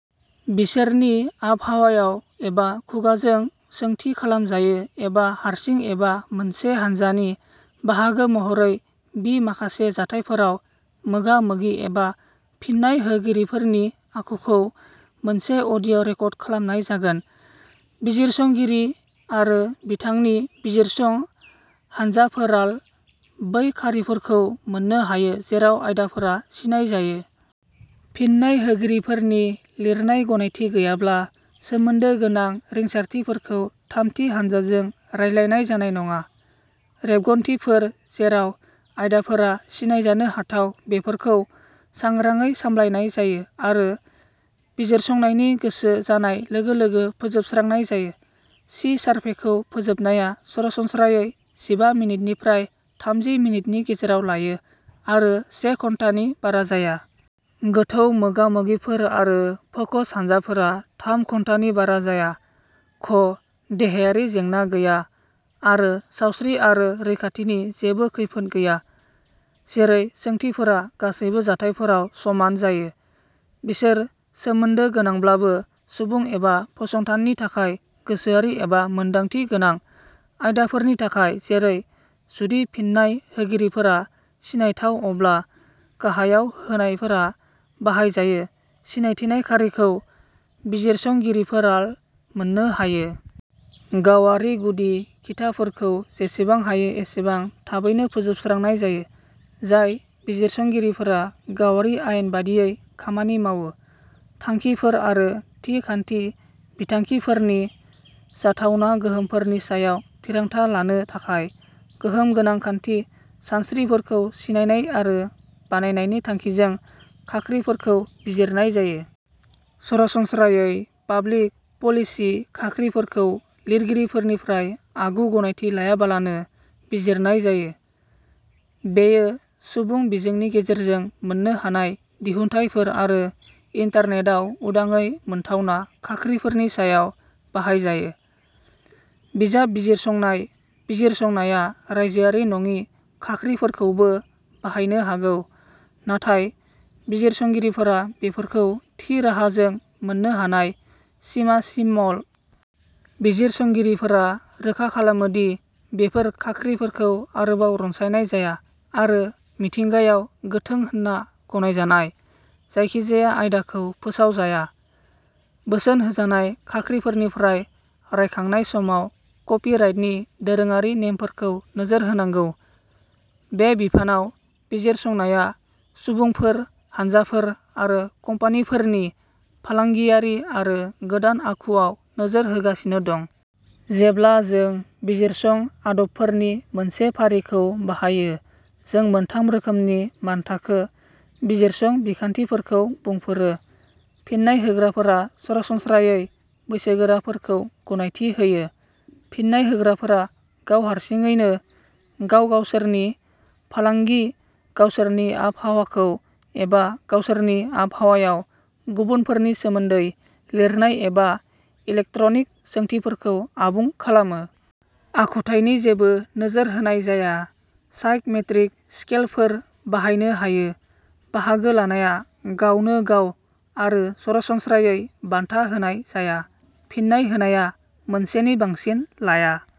बिसोरनि आबहावायाव एबा खुगाजों सोंथि खालामजायो एबा हारसिं एबा मोनसे हान्जानि बाहागो महरै बि माखासे जाथायफोराव मोगा मोगि एबा फिन्नाय होगिरिफोरनि आखुखौ मोनसे अडिअ रेकर्डिं खालामनाय जागोन। बिजिरसंगिरि आरो बिथांनि बिजिरसं हानजाफोराल बै खारिफोरखौ मोननो हायो जेराव आयदाफोरा सिनायजायो। फिन्नाय होगिरिफोरनि लिरनाय गनायथि गैयाब्ला सोमोन्दो गोनां रिंसारथिफोरखौ थामथि हानजाजों रानलायनाय जानाय नङा। रेबगान्थिफोर जेराव आयदाफोरा सिनायजानो हाथाव बेफोरखौ सांग्राङै सामलायनाय जायो आरो बिजिरसंनायनि गोसो जानाय लोगो लोगो फोजोबस्रांनाय जायो। सि सारभेखौ फोजोबनाया सरासनस्रायै जिबा मिनिटनिफ्राय थाम्जि मिनिटनि गेजेराव लायो आरो से घन्टानि बारा जाया। गोथौ मोगा मोगिफोर आरो फोकस हानजाफोरा थाम घन्टानि बारा जाया। घ देहायारि जेंना गैया आरो सावस्रि आरो रैखाथिनि जेबो खैफोद गैया। जेरै सोंथिफोरा गासैबो जाथायफोराव समान जायो। बिसोर सोमोन्दो गोनांब्लाबो सुबुं एबा फसंथाननि थाखाय गोसोआरि एबा मोनदांथि गोनां आयदाफोरनि थाखाय जेरै जुदि फिन्नाय होगिरिफोरा सिनायथाव अब्ला गाहायाव होनायफोरा बाहायजायो सिनायथिनाय खारिखौ बिजिरसंगिरिफोरा मोननो हायो। गावारि गुदि खिथाफोरखौ जेसेबां हायो एसेबां थाबैनो फोजोबस्रांनाय जायो। जाय बिजिरसंगिरिफोरा गावारि आयेन बादियै खामानि मावो। थांखिफोर आरो थि खान्थि बिथांखिफोरनि जाथावना गोहोमफोरनि सायाव थिरांथा लानो थाखाय गोहोम गोनां खान्थि सानस्रिफोरखौ सिनायनाय आरो बानायनायनि थांखिजों खाख्रिफोरखौ बिजिरनाय जायो। सरासनस्रायै पाब्लिक पलिसि खाख्रिफोरखौ लिरगिरिफोरनिफ्राय आगु गनायथि लायालाबानो बिजिरनाय जायो। बेयो सुबुं बिजोंनि गेजेरजों मोननो हानाय दिहुनथायफोर आरो इन्टारनेटआव उदाङै मोनथावना खाख्रिफोरनि सायाव बाहायजायो। बिजाब बिजिरसंनाय बिजिरसंनाया रायजोआरि नङि खाख्रिफोरखौबो बाहायनो हागौ नाथाय बिजिरसंगिरिफोरा बेफोरखौ थि राहाजों मोननो हानाय सिमासिमल। बिजिरसंगिरिफोरा रोखा खालामो दि बेफोर खाख्रिफोरखौ आरोबाव रनसारनाय जाया आरो मिथिंगायाव गोथों होनना गनायजानाय। जायखिजाया आयदाखौ फोसावजाया। बोसोन होजानाय खाख्रिफोरनिफ्राय रायखांनाय समाव कपिराइटनि दोरोङारि नेमफोरखौ नोजोर होनांगौ। बे बिफानाव बिजिरसंनाया सुबुंफोर हानजाफोर आरो कम्पानिफोरनि फालांगियारि आरो गोदान आखु आव नोजोर होगासिनो दं। जेब्ला जों बिजिरसं आदबफोरनि मोनसे फारिखौ बाहायो जों मोनथाम रोखोमनि मानथाखो बिजिरसं बिखान्थिफोरखौ बुंफोरो। फिन्नाय होग्राफोरा सरासनस्रायै बैसोगोराफोरखौ गनायथि होयो। फिन्नाय होग्राफोरा गाव हारसिङैनो गाव गावसोरनि फालांगि गावसोरनि आबहावाखौ एबा गावसोरनि आबहावायाव गुबुनफोरनि सोमोन्दै लिरनाय एबा इलेक्ट्रनिक सोंथिफोरखौ आबुं खालामो। आखुथायनि जेबो नोजोर होनाय जाया। साइक मेट्रिक स्केलफोर बाहायनो हायो। बाहागो लानाया गावनोगाव आरो सरासनस्रायै बान्था होनाय जाया। फिन्नाय होनाया मोनसेनि बांसिन लाया।